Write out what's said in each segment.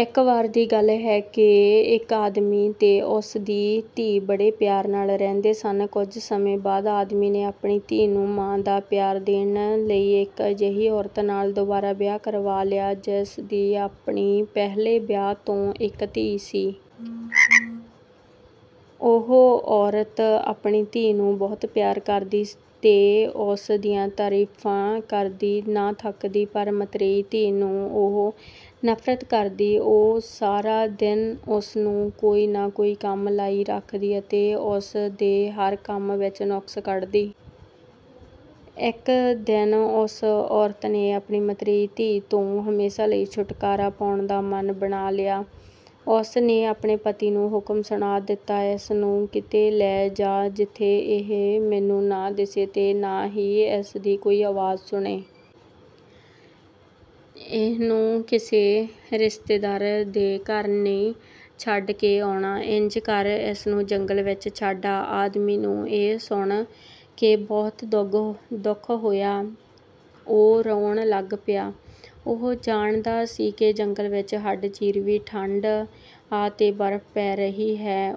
ਇੱਕ ਵਾਰ ਦੀ ਗੱਲ ਹੈ ਕਿ ਇੱਕ ਆਦਮੀ ਤੇ ਉਸ ਦੀ ਧੀ ਬੜੇ ਪਿਆਰ ਨਾਲ ਰਹਿੰਦੇ ਸਨ। ਕੁਝ ਸਮੇਂ ਬਾਅਦ ਆਦਮੀ ਨੇ ਆਪਣੀ ਧੀ ਨੂੰ ਮਾਂ ਦਾ ਪਿਆਰ ਦੇਣ ਲਈ ਇੱਕ ਅਜਿਹੀ ਔਰਤ ਨਾਲ ਦੁਬਾਰਾ ਵਿਆਹ ਕਰਵਾ ਲਿਆ ਜਿਸ ਦੀ ਆਪਣੀ ਪਹਿਲੇ ਵਿਆਹ ਤੋਂ ਇੱਕ ਧੀ ਸੀ। ਉਹ ਔਰਤ ਆਪਣੀ ਧੀ ਨੂੰ ਬਹੁਤ ਪਿਆਰ ਕਰਦੀ ਤੇ ਉਸ ਦੀਆਂ ਤਾਰੀਫ਼ਾਂ ਕਰਦੀ ਨਾ ਥੱਕਦੀ ਪਰ ਮਤਰੇਈ ਧੀ ਨੂੰ ਉਹ ਨਫ਼ਰਤ ਕਰਦੀ। ਉਹ ਸਾਰਾ ਦਿਨ ਉਸ ਨੂੰ ਕੋਈ ਨਾ ਕੋਈ ਕੰਮ ਲਾਈ ਰੱਖਦੀ ਅਤੇ ਉਸ ਦੇ ਹਰ ਕੰਮ ਵਿੱਚ ਨੁਕਸ ਕੱਢਦੀ। ਇੱਕ ਦਿਨ ਉਸ ਔਰਤ ਨੇ ਆਪਣੀ ਮਤਰੇਈ ਧੀ ਤੋਂ ਹਮੇਸ਼ਾਂ ਲਈ ਛੁਟਕਾਰਾ ਪਾਉਣ ਦਾ ਮਨ ਬਣਾ ਲਿਆ। ਉਸ ਨੇ ਆਪਣੇ ਪਤੀ ਨੂੰ ਹੁਕਮ ਸੁਣਾ ਦਿੱਤਾ, ''ਇਸ ਨੂੰ ਕਿਤੇ ਲੈ ਜਾ… ਜਿੱਥੇ ਇਹ ਮੈਨੂੰ ਨਾ ਦਿਸੇ ਤੇ ਨਾ ਹੀ ਇਸ ਦੀ ਕੋਈ ਆਵਾਜ਼ ਸੁਣੇ। ਇਹਨੂੰ ਕਿਸੇ ਰਿਸ਼ਤੇਦਾਰ ਦੇ ਘਰ ਨ੍ਹੀਂ ਛੱਡ ਕੇ ਆਉਣਾ। ਇੰਜ ਕਰ ਇਸ ਨੂੰ ਜੰਗਲ ਵਿੱਚ ਛੱਡ ਆ। " ਆਦਮੀ ਨੂੰ ਇਹ ਸੁਣ ਕੇ ਬਹੁਤ ਦੁੱਖ ਹੋਇਆ ਤੇ ਉਹ ਰੋਣ ਲੱਗ ਪਿਆ। ਉਹ ਜਾਣਦਾ ਸੀ ਕਿ ਜੰਗਲ ਵਿੱਚ ਹੱਡ ਚੀਰਵੀਂ ਠੰਢ ਆ ਤੇ ਬਰਫ਼ ਪੈ ਰਹੀ ਹੈ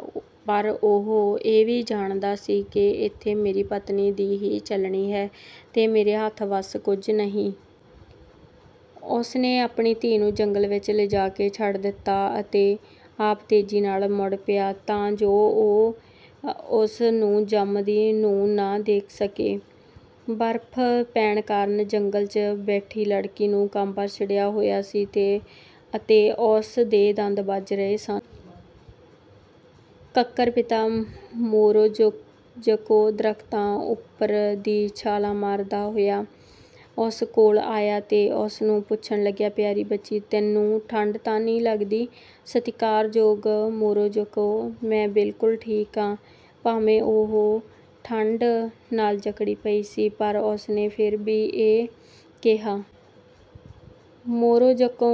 ਪਰ ਉਹ ਇਹ ਵੀ ਜਾਣਦਾ ਸੀ ਕਿ ਇੱਥੇ ਮੇਰੀ ਪਤਨੀ ਦੀ ਹੀ ਚੱਲਣੀ ਹੈ ਤੇ ਮੇਰੇ ਹੱਥ ਵੱਸ ਕੁਝ ਨਹੀਂ। ਉਸ ਨੇ ਆਪਣੀ ਧੀ ਨੂੰ ਜੰਗਲ ਵਿੱਚ ਲਿਜਾ ਕੇ ਛੱਡ ਦਿੱਤਾ ਅਤੇ ਆਪ ਤੇਜ਼ੀ ਨਾਲ ਮੁੜ ਪਿਆ ਤਾਂ ਜੋ ਉਹ ਉਸ ਨੂੰ ਜੰਮਦੀ ਨੂੰ ਨਾ ਦੇਖ ਸਕੇ। ਬਰਫ਼ ਪੈਣ ਕਾਰਨ ਜੰਗਲ 'ਚ ਬੈਠੀ ਲੜਕੀ ਨੂੰ ਕਾਂਬਾ ਛਿੜਿਆ ਹੋਇਆ ਸੀ ਅਤੇ ਉਸ ਦੇ ਦੰਦ ਵੱਜ ਰਹੇ ਸਨ। ਕੱਕਰ ਪਿਤਾ ਮੋਰੋਜ਼ਕੋ ਦਰੱਖਤਾਂ ਉੱਪਰ ਦੀ ਛਾਲਾਂ ਮਾਰਦਾ ਹੋਇਆ ਉਸ ਕੋਲ ਆਇਆ ਤੇ ਉਸ ਨੂੰ ਪੁੱਛਣ ਲੱਗਿਆ, ''ਪਿਆਰੀ ਬੱਚੀ, ਤੈਨੂੰ ਠੰਢ ਤਾਂ ਨ੍ਹੀਂ ਲੱਗਦੀ? " ''ਸਤਿਕਾਰਯੋਗ ਮੋਰੋਜ਼ਕੋ, ਮੈਂ ਬਿਲਕੁਲ ਠੀਕ ਆਂ। " ਭਾਵੇਂ ਉਹ ਠੰਢ ਨਾਲ ਜਕੜੀ ਪਈ ਸੀ ਪਰ ਉਸ ਨੇ ਫਿਰ ਵੀ ਇਹ ਕਿਹਾ। ਮੋਰੋਜ਼ਕੋ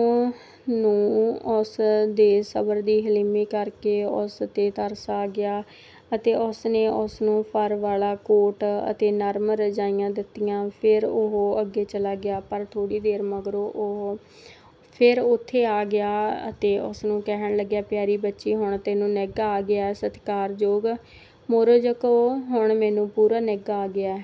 ਨੂੰ ਉਸ ਦੇ ਸਬਰ ਤੇ ਹਲੀਮੀ ਕਰ ਕੇ ਉਸ 'ਤੇ ਤਰਸ ਆ ਗਿਆ ਅਤੇ ਉਸ ਨੇ ਉਸ ਨੂੰ ਫਰ ਵਾਲਾ ਕੋਟ ਅਤੇ ਨਰਮ ਰਜ਼ਾਈਆਂ ਦਿੱਤੀਆਂ। ਫਿਰ ਉਹ ਅੱਗੇ ਚਲਾ ਗਿਆ ਪਰ ਥੋੜ੍ਹੀ ਦੇਰ ਮਗਰੋਂ ਉਹ ਫਿਰ ਉੱਥੇ ਆ ਗਿਆ ਅਤੇ ਉਸ ਨੂੰ ਕਹਿਣ ਲੱਗਿਆ, ''ਪਿਆਰੀ ਬੱਚੀ, ਹੁਣ ਤੈਨੂੰ ਨਿੱਘ ਆ ਗਿਐ। " ''ਸਤਿਕਾਰਯੋਗ ਮੋਰੋਜ਼ਕੋ, ਹੁਣ ਮੈਨੂੰ ਪੂਰਾ ਨਿੱਘ ਆ ਗਿਐ।